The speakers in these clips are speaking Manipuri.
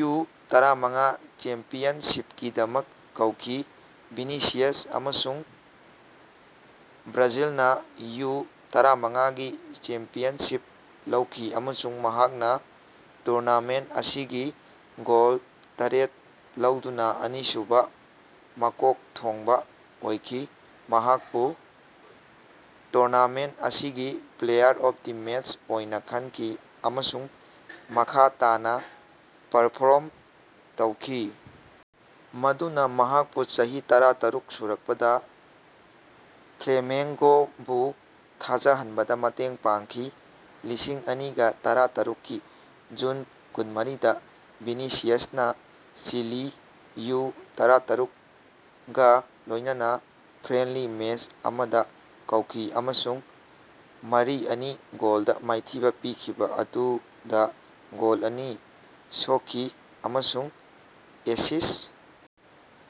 ꯌꯨ-ꯇꯔꯥꯃꯉꯥ ꯆꯦꯝꯄꯤꯌꯟꯁꯤꯞꯀꯤꯗꯃꯛ ꯀꯧꯈꯤ꯫ ꯚꯤꯅꯤꯁꯤꯌꯁ ꯑꯃꯁꯨꯡ ꯕ꯭ꯔꯥꯖꯤꯜꯅ ꯌꯨ-ꯇꯔꯥꯃꯉꯥꯒꯤ ꯆꯦꯝꯄꯤꯌꯟꯁꯤꯞ ꯂꯧꯈꯤ ꯑꯃꯁꯨꯡ ꯃꯍꯥꯛꯅ ꯇꯨꯔꯅꯥꯃꯦꯟ ꯑꯁꯤꯒꯤ ꯒꯣꯜ ꯇꯔꯦꯠ ꯂꯧꯗꯨꯅꯥ ꯑꯅꯤꯁꯨꯕꯥ ꯃꯀꯣꯛ ꯊꯣꯡꯕ ꯑꯣꯏꯈꯤ꯫ ꯃꯍꯥꯛꯄꯨ ꯇꯨꯔꯅꯥꯃꯦꯟ ꯑꯁꯤꯒꯤ ꯄ꯭ꯂꯦꯌꯥꯔ ꯑꯣꯐ ꯃꯦꯠꯁ ꯑꯣꯏꯅ ꯈꯟꯈꯤ ꯑꯃꯁꯨꯡ ꯃꯈꯥ ꯇꯥꯅꯥ ꯄꯔꯐꯣꯔꯝ ꯇꯧꯈꯤ ꯃꯗꯨꯅ ꯃꯍꯥꯛꯄꯨ ꯆꯍꯤ ꯇꯔꯥꯇꯔꯨꯛ ꯁꯨꯔꯛꯄꯗ ꯐ꯭ꯂꯦꯃꯦꯡꯒꯣꯕꯨ ꯊꯥꯖꯍꯟꯕꯗꯥ ꯃꯇꯦꯡ ꯄꯥꯡꯈꯤ꯫ ꯂꯤꯁꯤꯡ ꯑꯅꯤꯒꯥ ꯇꯔꯥꯇꯔꯨꯛꯀꯤ ꯖꯨꯟ ꯀꯨꯟꯃꯔꯤꯗꯥ ꯚꯤꯅꯤꯁꯤꯌꯁꯅꯥ ꯆꯤꯂꯤ ꯌꯨ-ꯇꯔꯥꯇꯔꯦꯠꯒꯥ ꯂꯣꯢꯅꯅ ꯐ꯭ꯔꯦꯟꯂꯤ ꯃꯦꯁ ꯑꯃꯗ ꯀꯧꯈꯤ ꯑꯃꯁꯨꯡ ꯃꯔꯤ-ꯑꯅꯤ ꯒꯣꯜꯗ ꯃꯥꯏꯊꯤꯕ ꯄꯤꯈꯤꯕ ꯑꯗꯨꯗꯥ ꯒꯣꯜ ꯑꯅꯤ ꯁꯣꯛꯈꯤ ꯑꯃꯁꯨꯡ ꯑꯦꯁꯤꯁ꯭ꯠ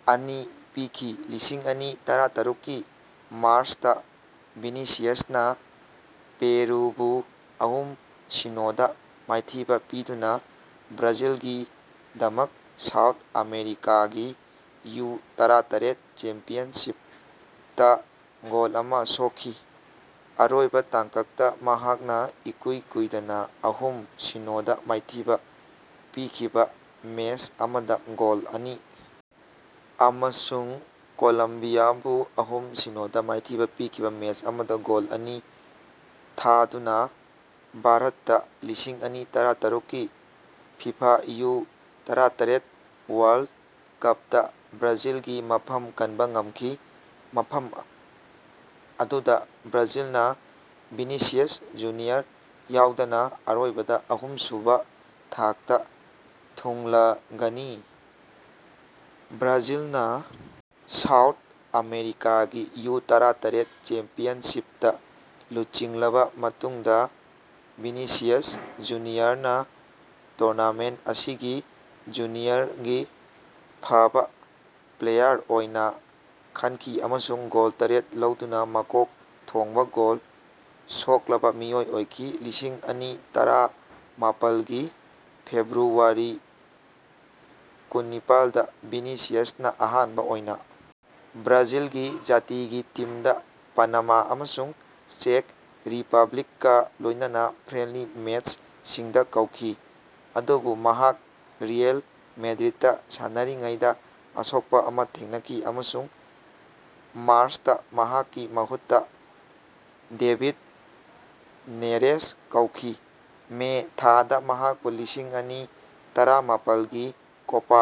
ꯑꯅꯤ ꯄꯤꯈꯤ꯫ ꯂꯤꯁꯤꯡ ꯑꯅꯤ ꯇꯔꯥꯇꯔꯦꯠꯀꯤ ꯃꯥꯔꯁꯇꯥ ꯚꯤꯅꯤꯁꯤꯌꯁꯅꯥ ꯄꯦꯔꯨꯕꯨ ꯑꯍꯨꯝ-ꯁꯤꯅꯣ ꯗ ꯃꯥꯏꯊꯤꯕ ꯄꯤꯗꯨꯅ ꯕ꯭ꯔꯥꯖꯤꯜꯒꯤꯗꯃꯛ ꯁꯥꯎꯠ ꯑꯃꯦꯔꯤꯀꯥꯒꯤ ꯌꯨ-ꯇꯔꯥꯇꯔꯦꯠ ꯆꯦꯝꯄꯤꯌꯟꯁꯤꯞꯇ ꯒꯣꯜ ꯑꯃ ꯁꯣꯛꯈꯤ꯫ ꯑꯔꯣꯏꯕ ꯇꯥꯡꯀꯛꯇꯥ ꯃꯍꯥꯛꯅꯥ ꯏꯀꯨꯏ ꯀꯨꯏꯗꯅꯥ ꯑꯍꯨꯝ-ꯁꯤꯅꯣ ꯗ ꯃꯥꯏꯊꯤꯕ ꯄꯤꯈꯤꯕ ꯃꯦꯁ ꯑꯃꯗ ꯒꯣꯜ ꯑꯅꯤ ꯑꯃꯁꯨꯡ ꯀꯣꯂꯝꯕꯤꯌꯥꯕꯨ ꯑꯍꯨꯝ-ꯁꯤꯅꯣꯗ ꯃꯥꯏꯊꯤꯕ ꯄꯤꯈꯤꯕ ꯃꯦꯁ ꯑꯃꯗ ꯒꯣꯜ ꯑꯅꯤ ꯊꯥꯗꯨꯅ ꯚꯥꯔꯠꯇ ꯂꯤꯁꯤꯡ ꯑꯅꯤ ꯇꯔꯥꯇꯔꯦꯠꯀꯤ ꯐꯤꯐꯥ ꯌꯨ-ꯇꯔꯥꯇꯔꯦꯠ ꯋꯥꯔꯜ ꯀꯞꯇꯥ ꯕ꯭ꯔꯥꯖꯤꯜꯒꯤ ꯃꯐꯝ ꯀꯟꯕꯥ ꯉꯝꯈꯤ, ꯃꯐꯝ ꯑꯗꯨꯗꯥ ꯕ꯭ꯔꯥꯖꯤꯜꯅꯥ (ꯚꯤꯅꯤꯁꯤꯌꯁ ꯖꯨꯅꯤꯌꯔ ꯌꯥꯎꯗꯅꯥ) ꯑꯔꯣꯏꯕꯗꯥ ꯑꯍꯨꯝꯁꯨꯕꯥ ꯊꯥꯛꯇꯥ ꯊꯨꯡꯂꯒꯅꯤ꯫ ꯕ꯭ꯔꯥꯖꯤꯜꯅꯥ ꯁꯥꯎꯠ ꯑꯃꯦꯔꯤꯀꯥꯒꯤ ꯌꯨ-ꯇꯔꯥꯇꯔꯦꯠ ꯆꯦꯝꯄꯤꯌꯟꯁꯤꯞꯇꯥ ꯂꯨꯆꯤꯡꯂꯕꯥ ꯃꯇꯨꯡꯗꯥ ꯚꯤꯅꯤꯁꯤꯌꯁ ꯖꯨꯅꯤꯌꯔꯅꯥ ꯇꯨꯔꯅꯥꯃꯦꯟ ꯑꯁꯤꯒꯤ ꯖꯨꯅꯤꯌꯔꯒꯤ ꯐꯕꯥ ꯄ꯭ꯂꯦꯌꯥꯔ ꯑꯣꯏꯅ ꯈꯟꯈꯤ ꯑꯃꯁꯨꯡ ꯒꯣꯜ ꯇꯔꯦꯠ ꯂꯧꯗꯨꯅꯥ ꯃꯀꯣꯛ ꯊꯣꯡꯕ ꯒꯣꯜ ꯁꯣꯛꯂꯕꯥ ꯃꯤꯑꯣꯏ ꯑꯣꯏꯈꯤ꯫ ꯂꯤꯁꯤꯡ ꯑꯅꯤ ꯇꯔꯥꯃꯥꯄꯜꯒꯤ ꯐꯦꯕ꯭ꯔꯨꯋꯥꯔꯤ ꯀꯨꯟꯅꯤꯄꯥꯜꯗ ꯚꯤꯅꯤꯁꯤꯌꯁꯅꯥ ꯑꯍꯥꯟꯕ ꯑꯣꯏꯅ ꯕ꯭ꯔꯥꯖꯤꯜꯒꯤ ꯖꯥꯇꯤꯒꯤ ꯇꯤꯝꯗꯥ ꯄꯥꯅꯥꯃꯥ ꯑꯃꯁꯨꯡ ꯆꯦꯛ ꯔꯤꯄꯕ꯭ꯂꯤꯛꯀꯥ ꯂꯣꯢꯅꯅ ꯐ꯭ꯔꯦꯟꯂꯤ ꯃꯦꯁꯁꯤꯡꯗꯥ ꯀꯧꯈꯤ꯫ ꯑꯗꯨꯕꯨ ꯃꯍꯥꯛ ꯔꯤꯑꯦꯜ ꯃꯥꯗ꯭ꯔꯤꯠꯇꯥ ꯁꯥꯟꯅꯔꯤꯉꯩꯗꯥ ꯑꯁꯣꯛꯄ ꯑꯃ ꯊꯦꯡꯅꯈꯤ, ꯑꯃꯁꯨꯡ ꯃꯥꯔꯁꯇꯥ ꯃꯍꯥꯛꯀꯤ ꯃꯍꯨꯠꯇꯥ ꯗꯦꯕꯤꯠ ꯅꯦꯔꯦꯁ ꯀꯧꯈꯤ꯫ ꯃꯦ ꯊꯥꯗꯥ ꯃꯍꯥꯛꯄꯨ ꯂꯤꯁꯤꯡ ꯑꯅꯤ ꯇꯔꯥꯃꯥꯄꯜꯒꯤ ꯀꯣꯄꯥ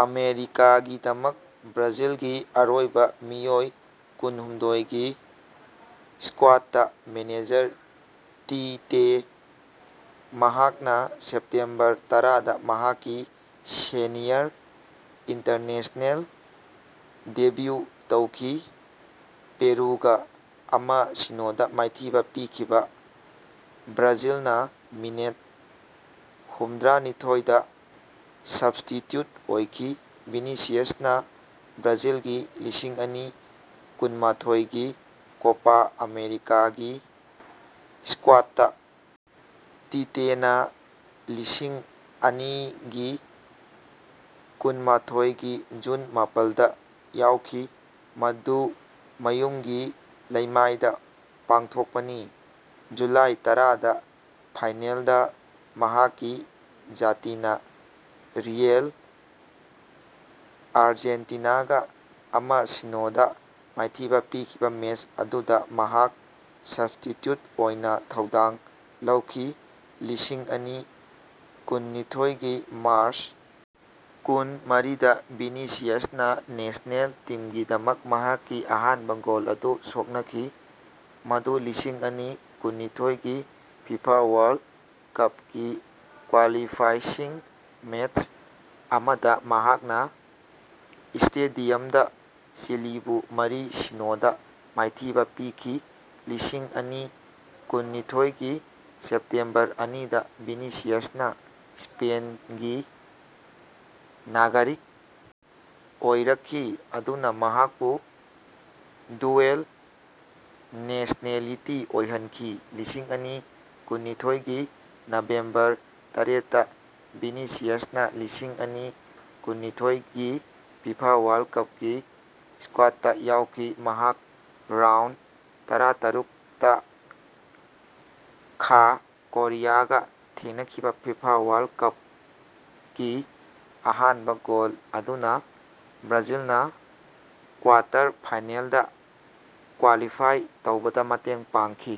ꯑꯥꯃꯦꯔꯤꯀꯥꯒꯤꯗꯃꯛ ꯕ꯭ꯔꯥꯖꯤꯜꯒꯤ ꯑꯔꯣꯏꯕ ꯃꯤꯑꯣꯏ ꯀꯨꯟꯍꯨꯝꯗꯣꯏꯒꯤ ꯁ꯭ꯀꯣꯌꯥꯠꯇꯥ ꯃꯦꯅꯦꯖꯔ ꯇꯤꯇꯦ ꯃꯍꯥꯛꯅꯥ ꯁꯦꯞꯇꯦꯝꯕꯔ ꯇꯔꯥꯗꯥ ꯃꯍꯥꯛꯀꯤ ꯁꯦꯅꯤꯌꯔ ꯏꯟꯇꯔꯅꯦꯁꯅꯦꯜ ꯗꯦꯕ꯭ꯌꯨ ꯇꯧꯈꯤ, ꯄꯦꯔꯨꯒꯥ ꯑꯃ-ꯁꯤꯅꯣꯗꯥ ꯃꯥꯏꯊꯤꯕꯥ ꯄꯤꯈꯤꯕꯥ ꯕ꯭ꯔꯥꯖꯤꯜꯅ ꯃꯤꯅꯤꯠ ꯍꯨꯝꯗ꯭ꯔꯥꯅꯤꯊꯣꯏꯗꯥ ꯁ꯭ꯕꯁꯇꯤꯆ꯭ꯌꯨꯠ ꯑꯣꯏꯈꯤ꯫ ꯚꯤꯅꯤꯁꯤꯌꯁꯅꯥ ꯕ꯭ꯔꯥꯖꯤꯜꯒꯤ ꯂꯤꯁꯤꯡ ꯑꯅꯤ ꯀꯨꯟꯃꯥꯊꯣꯏꯒꯤ ꯀꯣꯄꯥ ꯑꯥꯃꯦꯔꯤꯀꯥꯒꯤ ꯁ꯭ꯀꯣꯌꯥꯠꯇꯥ ꯇꯤꯇꯦꯅꯥ ꯂꯤꯁꯤꯡ ꯑꯅꯤꯒꯤ ꯀꯨꯟꯃꯥꯊꯣꯏꯒꯤ ꯖꯨꯟ ꯃꯥꯄꯜꯗ ꯌꯥꯎꯈꯤ, ꯃꯗꯨ ꯃꯌꯨꯝꯒꯤ ꯂꯩꯃꯥꯏꯗ ꯄꯥꯡꯊꯣꯛꯀꯅꯤ꯫ ꯖꯨꯂꯥꯏ ꯇꯔꯥꯗꯥ ꯐꯥꯏꯅꯦꯜꯗꯥ ꯃꯍꯥꯛꯀꯤ ꯖꯥꯇꯤꯅꯥ ꯔꯤꯑꯦꯜ ꯑꯥꯔꯖꯦꯟꯇꯤꯅꯥꯒꯥ ꯑꯃ-ꯁꯤꯅꯣ ꯗꯥ ꯃꯥꯏꯊꯤꯕꯥ ꯄꯤꯈꯤꯕꯥ ꯃꯦꯁ ꯑꯗꯨꯗꯥ ꯃꯍꯥꯛꯅ ꯁ꯭ꯕꯁꯇꯤꯆ꯭ꯌꯨꯠ ꯑꯣꯏꯅ ꯊꯧꯗꯥꯡ ꯂꯧꯈꯤ꯫ ꯂꯤꯁꯤꯡ ꯑꯅꯤ ꯀꯨꯟꯅꯤꯊꯣꯏꯒꯤ ꯃꯥꯔꯁ ꯀꯨꯟꯃꯔꯤꯗꯥ ꯚꯤꯅꯤꯁꯤꯌꯁꯅꯥ ꯅꯦꯁꯅꯦꯜ ꯇꯤꯝꯒꯤꯗꯃꯛ ꯃꯍꯥꯛꯀꯤ ꯑꯍꯥꯟꯕ ꯒꯣꯜ ꯑꯗꯨ ꯁꯣꯛꯅꯈꯤ, ꯃꯗꯨ ꯂꯤꯁꯤꯡ ꯑꯅꯤ ꯀꯨꯟꯅꯤꯊꯣꯏꯒꯤ ꯐꯤꯐꯥ ꯋꯥꯔꯜ ꯀꯞꯀꯤ ꯀ꯭ꯋꯥꯂꯤꯐꯥꯏꯁꯤꯡ ꯃꯦꯁ ꯑꯃꯗ ꯃꯍꯥꯛꯅ ꯁ꯭ꯇꯦꯗꯤꯌꯝꯗꯥ ꯆꯤꯂꯤꯕꯨ ꯃꯔꯤ-ꯁꯤꯅꯣ ꯗ ꯃꯥꯏꯊꯤꯕ ꯄꯤꯈꯤ꯫ꯂꯤꯁꯤꯡ ꯑꯅꯤ ꯀꯨꯟꯅꯤꯊꯣꯏꯒꯤ ꯁꯦꯞꯇꯦꯝꯕꯔ ꯑꯅꯤꯗꯥ ꯚꯤꯅꯤꯁꯤꯌꯁꯅꯥ ꯁ꯭ꯄꯦꯟꯒꯤ ꯅꯥꯒꯔꯤꯛ ꯑꯣꯏꯔꯛꯈꯤ, ꯃꯗꯨꯅꯥ ꯃꯍꯥꯛꯄꯨ ꯗ꯭ꯌꯨꯑꯦꯜ-ꯅꯦꯁꯅꯦꯂꯤꯇꯤ ꯑꯣꯏꯍꯟꯈꯤ ꯫ꯂꯤꯁꯤꯡ ꯑꯅꯤ ꯀꯨꯟꯅꯤꯊꯣꯏꯒꯤ ꯅꯕꯦꯝꯕꯔ ꯇꯔꯦꯠꯇꯥ ꯚꯤꯅꯤꯁꯤꯌꯁꯅꯥ ꯂꯤꯁꯤꯡ ꯑꯅꯤ ꯀꯨꯟꯅꯤꯊꯣꯏꯒꯤ ꯐꯤꯐꯥ ꯋꯥꯔꯜ ꯀꯞꯀꯤ ꯁ꯭ꯀꯣꯌꯥꯠꯇꯥ ꯌꯥꯎꯈꯤ ꯫ ꯃꯍꯥꯛꯅ ꯔꯥꯎꯟ ꯇꯔꯥꯇꯔꯨꯛꯇꯥ ꯈꯥ ꯀꯣꯔꯤꯌꯥꯒꯥ ꯊꯦꯡꯅꯈꯤꯕꯥ ꯐꯤꯐꯥ ꯋꯥꯔꯜ ꯀꯞꯀꯤ ꯑꯍꯥꯟꯕ ꯒꯣꯜ ꯑꯗꯨꯅ ꯕ꯭ꯔꯥꯖꯤꯜꯅ ꯀ꯭ꯋꯥꯇꯔ ꯐꯥꯏꯅꯦꯜꯗ ꯀ꯭ꯋꯥꯂꯤꯐꯥꯏ ꯇꯧꯕꯗꯥ ꯃꯇꯦꯡ ꯄꯥꯡꯈꯤ꯫